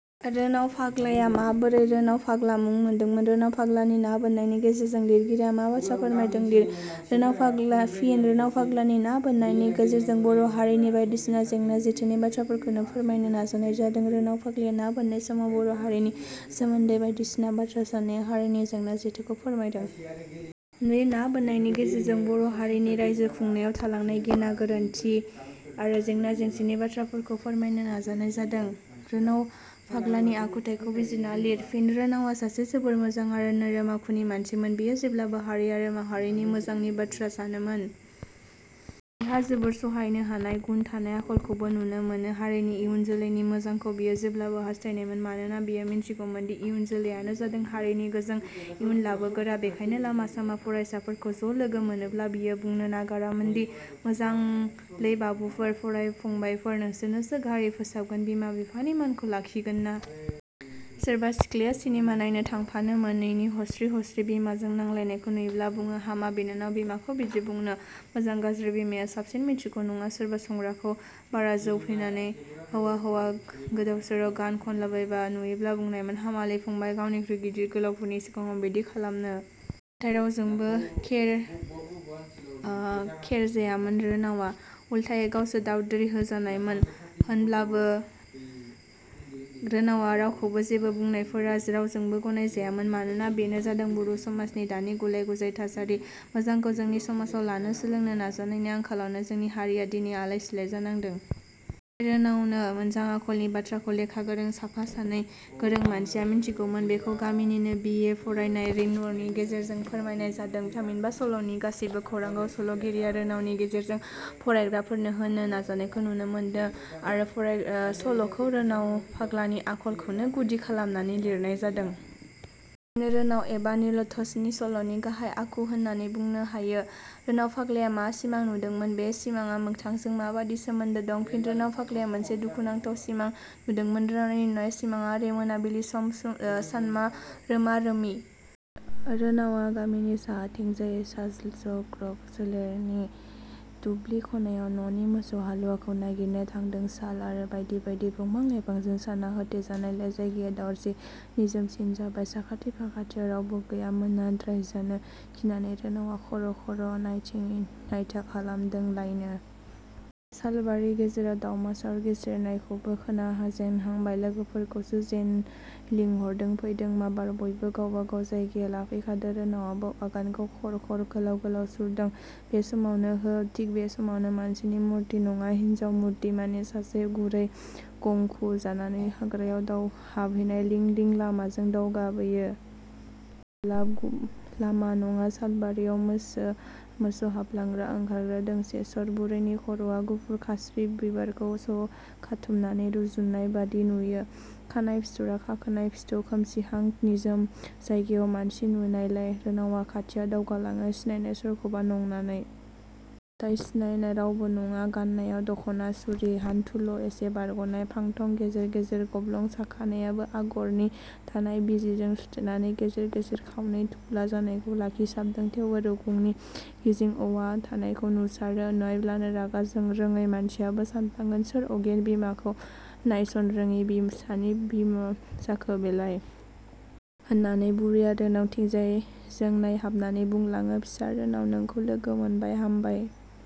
रोनाव फाग्लाया माबोरै रोनाव फाग्ला मुं मोनदोंमोन? रोनाव फाग्लानि ना बोननायनि गेजेरजों लिरगिरिया मा बाथ्रा फोरमायदों लिर। रोनाव फाग्ला फिनः रोनाव फाग्लानि ना बोननायनि गेजेरजों बर' हारिनि बायदिसिना जेंना जेथोनि बाथ्राफोरखौनो फोरमायनो नाजानाय जादों। रोनाव फाग्लाया ना बोननाय समाव बर' हारिनि सोमोन्दै बायदिसिना बाथ्रा साननाया हारिनि जेंना जेथोखौनो फोरमायदों। बे ना बोननायनि गेजेरजों बर' हारिनि रायजो खुंनायाव थालांनाय गेना गोरोन्थि आरो जेंना जेंसिनि बाथ्राफोरखौनो फोरमायनो नाजानाय जादों। रोनाव फाग्लानि आखुथाइखौ बिजिरना लिर। फिनः रोनावा सासे जोबोर मोजां आरो नोरोम आखुनि मानसिमोन। बियो जेब्लाबो हारि आरो माहारिनि मोजांनि बाथ्रा सानोमोन। बिहा जोबोर सहायनो हानाय गुन थानाय आखलखौबो नुनो मोनो। हारिनि इयुन जोलैनि मोजांखौ बियो जेब्लाबो हास्थायनायमोन। मानोना बियो मिथिगौमोनदि इयुन जोलैयानो जादों हारिनि गोजों इयुन लाबोगोरा। बेखायनो लामा सामा फरायसाफोरखौ ज' लोगो मोनोब्ला बियो बुंनो नागारामोनदि- मोजाङैलै बाबुफोर, फंबाइफोर, नोंसोरनोसै हारिखौ फोसाबगोना, बिमा बिफानि मानखौ लाखिगोना। सोरबा सिख्लाया सिनेमा नायनो थांफानो मोनैनि हस्रि हस्रि बिमाजों नांलायनायखौ नुयोब्ला बुङो- हामा बिनानाव बिमाखौ बिदि बुंनो, मोजां गाज्रि बिमाया साबसिन मिथिगौ नङा। सोरबा संग्राखौ बारा जौ फेनानै हवा हवा गोदाव सोराव गान खनलाबायनाय नुयोब्ला बुंनायमोन- हामालै 'फंबाइ, गावनिखुइ गिदिर गोलावफोरनि सिगाङाव बिदि खालामनो। नाथाय रावजोंबो खेर ओ खेरायजायामोन रोनावा, उलथायै गावसो दाद्रि होजानायमोन। होमब्लाबो रोनावा रावखौबो जेबो बुंनायफोरा रावजोंबो गनायजायामोन मानोना बेनो जादों बर' समाजनि दानि गालाय गुजाय थासारि। मोजांखौ जोंनि समाजाव लानो, सोलोंनो नाजानायनि आंखालावनो जोंनि हारिया दिनै आलाय सिलाय जानादों। रोनावनो मोजां आखलनि बाथ्राखौ लेखा गोरों साफा सानै साननो गोरों मानसिया मिथिगौमोन। बेखौ गामिनिनो बि. ए. फरायनाय निरमलनि गेजेरजों फोरमायनाय जादों। थामहिनबा सल 'नि गासैबो खौरांखौ सल 'गिरिया रोनावनि गेजेरजों फरायग्राफोरनो होनो नाजानायखौ नुनो मोदों आरो सल 'खौ रोनाव फाग्लानि आखलखौनो गुदि खालामनानै लिरनाय जादों। नो रोनाव एबा निलध्वजनि सल 'नि गाहाइ आखु होननानै बुंनो हायो। रोनाव फाग्लाया मा सिमां नुदोंमोन? बे सिमाङा मोगथांजों माबादि सोमोन्दो दं? फिनः रोनाव फाग्लाया मोनसे दुखु नांथाव सिमां नुदोंमोन। रोनावनि नुनाय सिमाङा एैरै मोनाबिलि सम, ओ सानरोमा रोमि। रोनावा गामिनि साहाथिंजायै सालजग्रब सेरनि दुबिलिनि खनायाव न'नि मोसौ हालुवाखौ नागिरनो थांदों साल आरो बायदि बायदि बंफां लाइफांजों साना होथे जानायलाय जायगाया दरसि, निजोमसिन जाबाय। साखाथि फाखाथियाव रावबो गैया। मोनाद्रायजानो गिनानै रोनावा खर खर नायथिं नायथा खालामदोंलायनो। सालबारि गेजेराव दाउमासार गेसेर नायखौबो खोनाजेनहांबाय। लोगोफोरखौसो जेनो लेंहरदों- फैदो माबार बयबो फैदो गावबा गाव जायगाया लाफैखादो। रोनावाबो आगानखौ खर खर गोलाउ गोलाउ सुरदों। बे समावनो हो, थिग बे समावनो मानसिनि मुर्ति, नङा, हिनजाव मुर्ति माने सासे, बुरै गंखु जानानै हाग्रायाव हाबहैनाय लिं लिं लामाजों दावगाबोयो। ब्ला गु लामा नङा, सालबारियाव मैसो मोसौ हाबलांग्रा आरो ओंखारग्रा दोंसे सर। बुरैनि खर 'आ गुफुर। खासि बिबारखौ ज' खाथुमनानै रुजुननाय बादि नुयो। खानाइ फिथरा खाखोनाय – फिथौ। खोमसिहां निजोम जायगायाव मानसि नुनायलाय रोनावा खाथियाव दावगालाङो सिनायनाय सोरखौबा नंनानै। नाथाय सिनायनाय राबनो नङा। गाननायाव दखना सुरि। हान्थुल' एसे बारग 'नाय, फाथं, गेजेर गेजेर गब्लं। साखानायाबो आगरनि दानाय। बिजिजों सुथेनानै गेजेर गेजेर खावनै थुब्ला जानायखौ लाखिसाबदों। थेवबो रुगुनि गिजि उवां थानायखौ नुसारो। नायब्लानो रागा जोंरोङै मानसियाबो सानफ्लांगोन, सोर अगेन, बिमाखौ नायसन रोङि फिसानि बिमा जाखो बिलाय? होननानै। बुरैया रोनावनिथिंजाय जों नायहाबनानै बुंलाङो। "फिसा रोनाव, नोंखौ लोगो मोनबाय हामबाय।